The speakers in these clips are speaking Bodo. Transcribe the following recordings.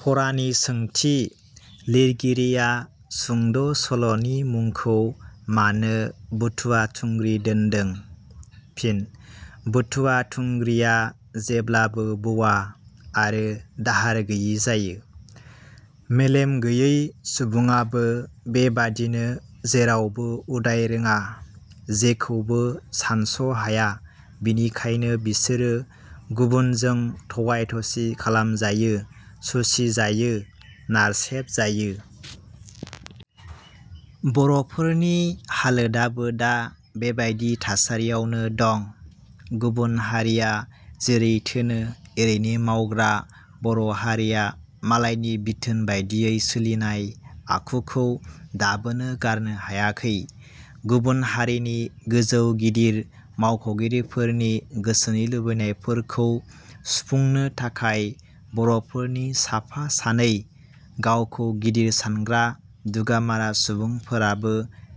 फरानि सोंथि. लिरगिरिया सुंद' सल'नि मुंखौ मानो 'बुथुवा थुंग्रि' दोनदों? फिन: बुथुवा थुंग्रिया जेब्लाबो बौवा आरो दाहार गैयि जायो। मेलेम गैयै सुबुङाबो बेबादिनो जेरावबो उदाय रोङा, जेखौबो सानस' हाया। बेनिखायनो बिसोरो गुबुनजों थगाय-थसि खालामजायो, सुसिजायो, नारसेबजायो। बर'फोरनि हालोदाबो दा बेबादि थासारियावनो दं। गुबुन हारिया जेरै थोनो एरैनो मावग्रा बर' हारिया मालायनि बिथोन बादियै सोलिनाय आखुखौ दाबोनो गारनो हायाखै। गुबुन हारिनि गोजौ गिदिर मावख'गिरिफोरनि गोसोनि लुबैनायफोरखौ सुफुंनो थाखाय बर'फोरनि साफा सानै गावखौ गिदिर सानग्रा दुगामारा सुबुंफोराबो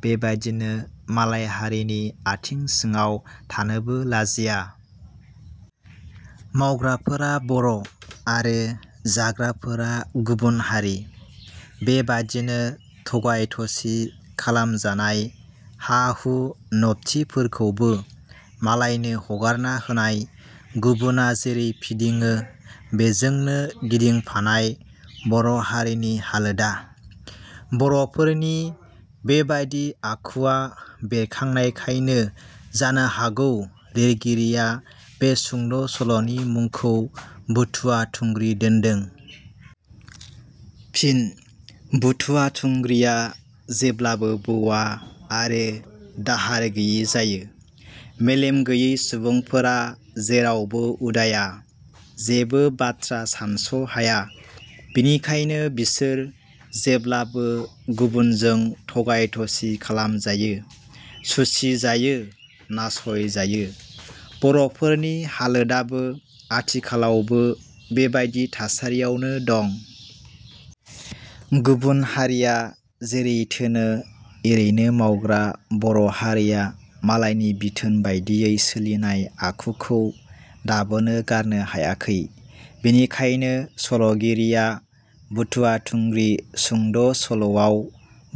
बेबादिनो मालाय हारिनि आथिं सिङाव थानोबो लाजिया। मावग्राफोरा बर' आरो जाग्राफोरा गुबुन हारि। बेबादिनो थगाय-थसि खालामजानाय, हा-हु नबथिफोरखौबो मालायनो हगारना होनाय, गुबुना जेरै फिदिङो बेजोंनो गिदिंफानाय बर' हारिनि हालोदा। बर'फोरनि बेबादि आखुआ बेरखांनायखायनो जानो हागौ लिरगिरिया बे सुंद' सल'नि मुंखौ "बुथुवा थुंग्रि" दोनदों। फिन: बुथुवा थुंग्रिया जेब्लाबो बौवा आरो दाहार गैयि जायो। मेलेम गैयै सुबुंफोरा जेरावबो उदाया, जेबो बाथ्रा सानस'हाया। बेनिखायनो बिसोर जेब्लाबो गुबुनजों थगाय थसि खालाम जायो, सुसि जायो, नासयजायो। बर'फोरनि हालोदाबो आथिखालावबो बेबादि थासारियावनो दं। गुबुन हारिया जेरै थोनो एरैनो मावग्रा बर' हारिया मालायनि बिथोन बादियै सोलिनाय आखुखौ दाबोनो गारनो हायाखै। बेनिखायनो सल'गिरिया "बुथुवा थुंग्रि" सुंद' सल'वाव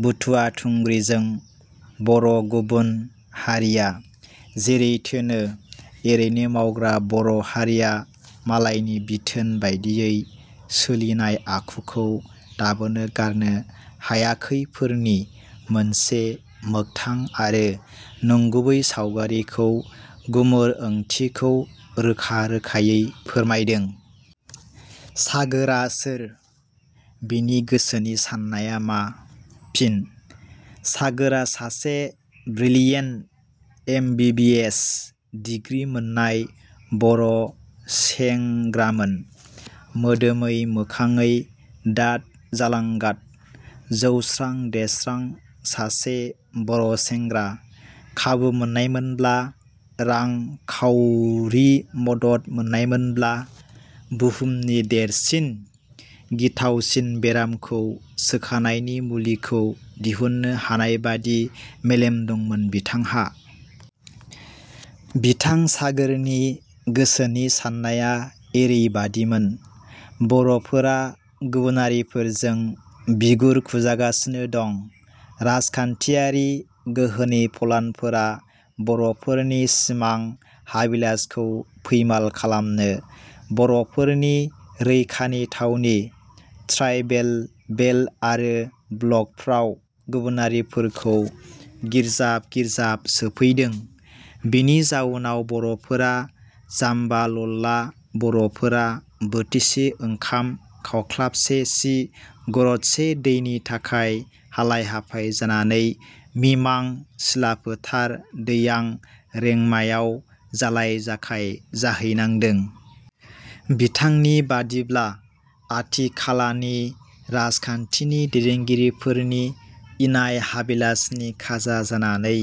बुथुवा थुंग्रिजों बरगुबुन हारिया जेरै थोनो एरैनो मावग्रा बर' हारिया मालायनि बिथोन बादियै सोलिनाय आखुखौ दाबोनो गारनो हायाखै'फोरनि मोनसे मोगथां आरो नंगुबै सावगारिखौ गुमुर ओंथिखौ रोखा रोखायै फोरमायदों।. सागोरा सोर? बेनि गोसोनि साननाया मा? फिन: सागोरा सासे brilliant M. B. B. S. Degree मोननाय बर'सेंषग्रामोन। मोदोमै मोखांङै दाथ जालांगाद, जौस्रां देरस्रां सासे बर' सेंग्रा। खाबु मोननायमोनब्ला, रां खाउउरि मदद मोननायमोनब्ला बुहुमनि देरसिन गिथावसिन बेरामखौ सोखानायनि मुलिखौ दिहुननो हानायबादि मेलेम दंमोन बिथांहा। बिथां सागोरनि गोसोनि साननाया एरै बादिमोन- "बर'फोरा गुबुनारिफोरजों बिगुर खुजागासिनो दं। राजखान्थियारि गोहोनि फलानफोरा बर'फोरनि सिमां-हाबिलासखौ फैमाल खालामनो, बर'फोरनि रैखानि थावनि ट्राइबेल बेल्ट आरो ब्लकफ्राव गुबुनारिफोरखौ गिर्जाव गिर्जाब सोफैदों। बेनि जाउनाव बर'फोरा – जाम्बा लल्ला बर'फोरा बोथिसे ओंखाम, खावख्लाबसे सि, गरदसे दैनि थाखाय हालाय-हाफाय जानानै मिमां, सिलाफोथार, दैयां, रेंमायाव जालाय-जाखाय जाहैनांदों। " बिथांनि बादिब्ला- आथिखालानि राजखान्थिनि दैदेनगिरिफोरनि इनाय हाबिलासनि खाजा जानानै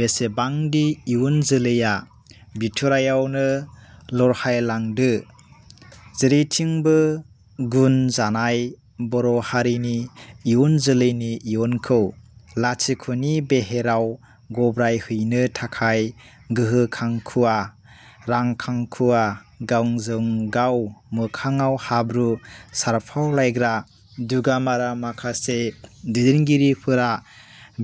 बेसेबांदि इयुन जोलैया बिथ'राइयावनो लहरायलांदो! जेरैथिंबो गुन जानाय बर' हारिनि इयुन जोलैनि इयुनखौ लाथिख'नि बेहेराव गब्रायहैनो थाखाय गोहो खांखुवा, रां खांखुवा, गावजों गाव मोखाङाव हाब्रु सारफावलायग्रा दुगामारा माखासे दैदेनगिरिफोरा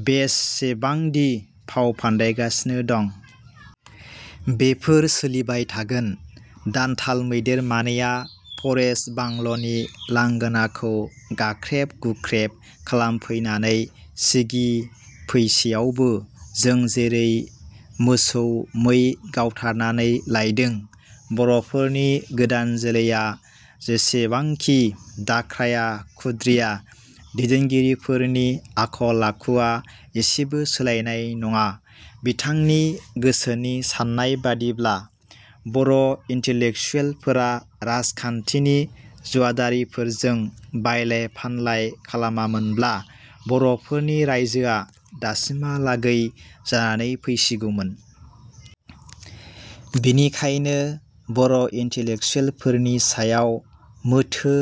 बेससेबांदि फाव फान्दायगासिनो दं! बेफोर सोलिबाय थागोन। दान्थाल मैदेर मानैया फरेस्ट बांल'नि लांगोनाखौ गाख्रेब गुख्रेब खालामफैनानै सिगि फैसेयावबो जों जेरै मोसौ मै गावथारनानै लायदों बर'फोरनि गोदान जोलैया जेसेवांखि दाख्राया खुद्रिया दैदेनगिरिफोरनि आखल आखुवा इसेबो सोलायनाय नङा। बिथांनि गोसोनि साननाय बादिब्ला- बर' इन्टेलेकसुवेलफोरा राजखान्थिनि जुवादारिफोरजों बायलाय-फानलाय खालामामोनब्ला बर'फोरनि राइजोआ दासिमहालागै जानानै फैसिगौमोन। " बेनिखायनो बर' इन्टेलेकसुवेलफोरनि सायाव मोथो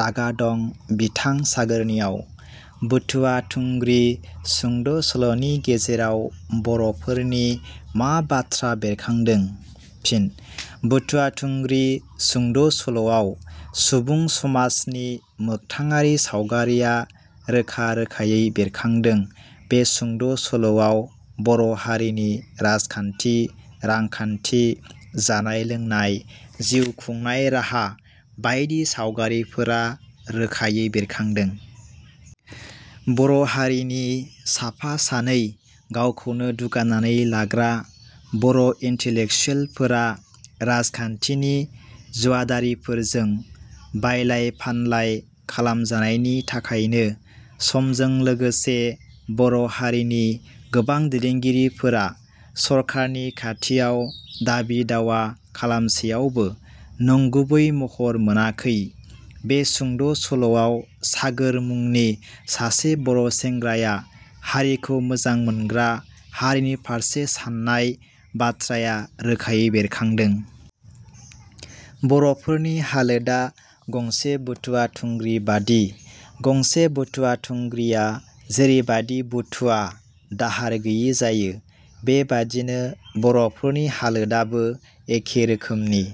रागा दं बिथां सागोरनियाव।. 'बुथुवा थुंग्रि' सुंद' सल'नि गेजेराव बर'फोरनि मा बाथ्रा बेरखांदों? फिन: "बुथुवा थुंग्रि" सुंद' सल'आव सुबुं समाजनि मोगथाङारि सावगारिया रोखा रोखायै बेरखांदों। बे सुंद' सल'आव बर' हारिनि राजखान्थि, रांखान्थि, जानाय लोंनाय, जिउ खुंनाय राहा बायदि सावगारिफोरा रोखायै बेरखांदों। बर' हारिनि साफा सानै गावखौनो दुगानानै लाग्रा बर' इन्टेलेकसुवेलफोरा राजखान्थिनि जुवादारिफोरजों बायलाय-फानलाय खालामजानायनि थाखायनो समजों लोगोसे बर' हारिनि गोबां दैदेनगिरिफोरा सरकारनि खाथियाव दाबि-दावा खालामसेयावबो नंगुबै महर मोनाखै। बे सुंद' सल'आव सागोर मुंनि सासे बर' सेंग्राया हारिखौ मोजां मोनग्रा, हारिनि फारसे साननाय बाथ्राया रोखायै बेरखांदों। बर'फोरनि हालोदा गंसे बुथुवा थुंग्रि बादि। गंसे बुथुवा थुंग्रिया जेरैबादि बुथुवा दाहार गैयि जायो बेबादिनो बर'फोरनि हालोदाबो एखे रोखोमनि।